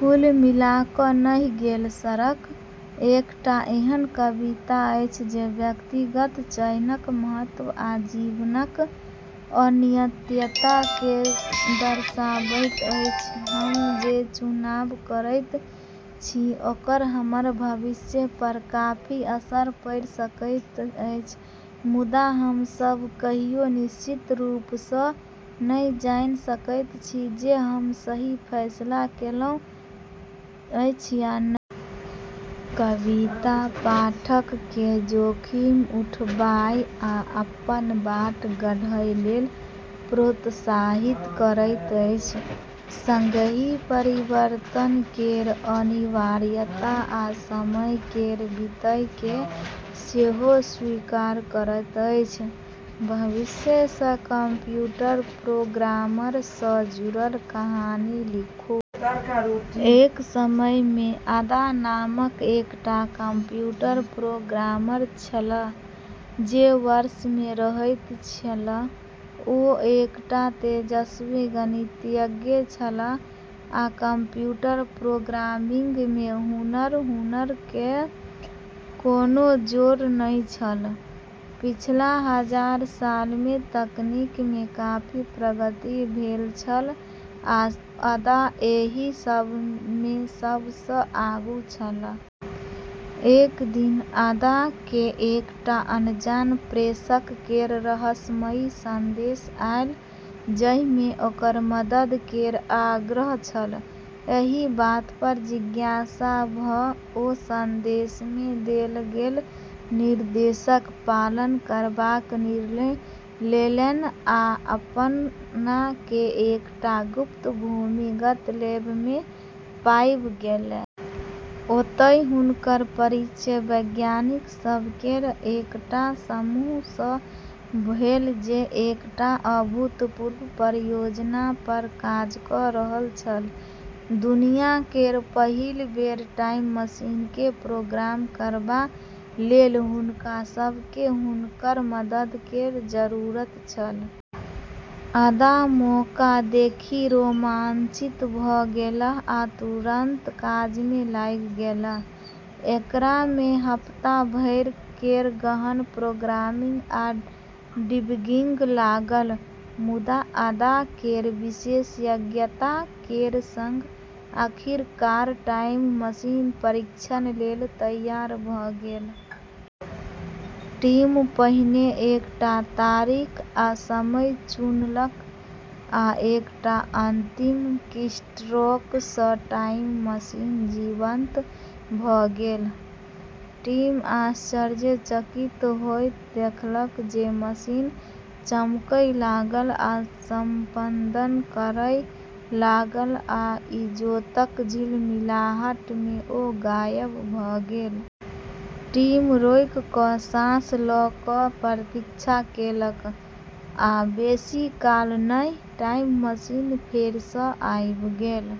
कुल मिला कऽ "नहि गेल सड़क" एकटा एहन कविता अछि जे व्यक्तिगत चयनक महत्व आ जीवनक अनित्यता केँ दर्शाबैत अछि। हम जे चुनाव करैत छी ओकर हमर भविष्य पर काफी असर पड़ि सकैत अछि, मुदा हम सभ कहियो निश्चित रूप सँ नहि जानि सकैत छी जे हम सही फैसला केलहुँ अछि या नहि। कविता पाठक केँ जोखिम उठाबय आ अपन बाट गढ़य लेल प्रोत्साहित करैत अछि, संगहि परिवर्तन केर अनिवार्यता आ समय केर बीतय केँ सेहो स्वीकार करैत अछि। भविष्य सँ कंप्यूटर प्रोग्रामर सँ जुड़ल कहानी लिखू। एक समय मे अदा नामक एकटा कंप्यूटर प्रोग्रामर छलीह, जे वर्ष मे रहैत छलीह, ओ एकटा तेजस्वी गणितज्ञ छलीह आ कंप्यूटर प्रोग्रामिंग मे हुनकर हुनर केर कोनो जोड़ नहि छल। पिछला हजार साल मे तकनीक मे काफी प्रगति भेल छल, आ अदा एहि सभ मे सब सँ आगू छलीह। एक दिन अदा केँ एकटा अनजान प्रेषक केर रहस्यमयी संदेश आयल, जाहि मे ओकर मदद केर आग्रह छल। एहि बात पर जिज्ञासा भऽ ओ संदेश मे देल गेल निर्देशक पालन करबाक निर्णय लेलनि आ अपना केँ एकटा गुप्त भूमिगत लैब मे पाबि गेलीह। ओतय हुनकर परिचय वैज्ञानिक सभ केर एकटा समूह सँ भेल जे एकटा अभूतपूर्व परियोजना पर काज कऽ रहल छल। दुनिया केर पहिल बेर टाइम मशीन केँ प्रोग्राम करबा लेल हुनका सभ केँ हुनकर मदद केर जरूरत छल। अदा मौका देखि रोमांचित भऽ गेलीह आ तुरंत काज मे लागि गेलीह। एकरा मे हप्ता भरि केर गहन प्रोग्रामिंग आ डिबगिंग लागल, मुदा अदा केर विशेषज्ञता केर संग आखिरकार टाइम मशीन परीक्षण लेल तैयार भऽ गेल। टीम पहिने एकटा तारीख आ समय चुनलक, आ एकटा अंतिम कीस्ट्रोक सँ टाइम मशीन जीवंत भऽ गेल। टीम आश्चर्यचकित होइत देखलक जे मशीन चमकय लागल आ स्पंदन करय लागल आ इजोतक झिलमिलाहट मे ओ गायब भऽ गेल। टीम रोकि कऽ साँस लऽ कऽ प्रतीक्षा केलक, आ बेसी काल नहि, टाइम मशीन फेर सँ आबि गेल।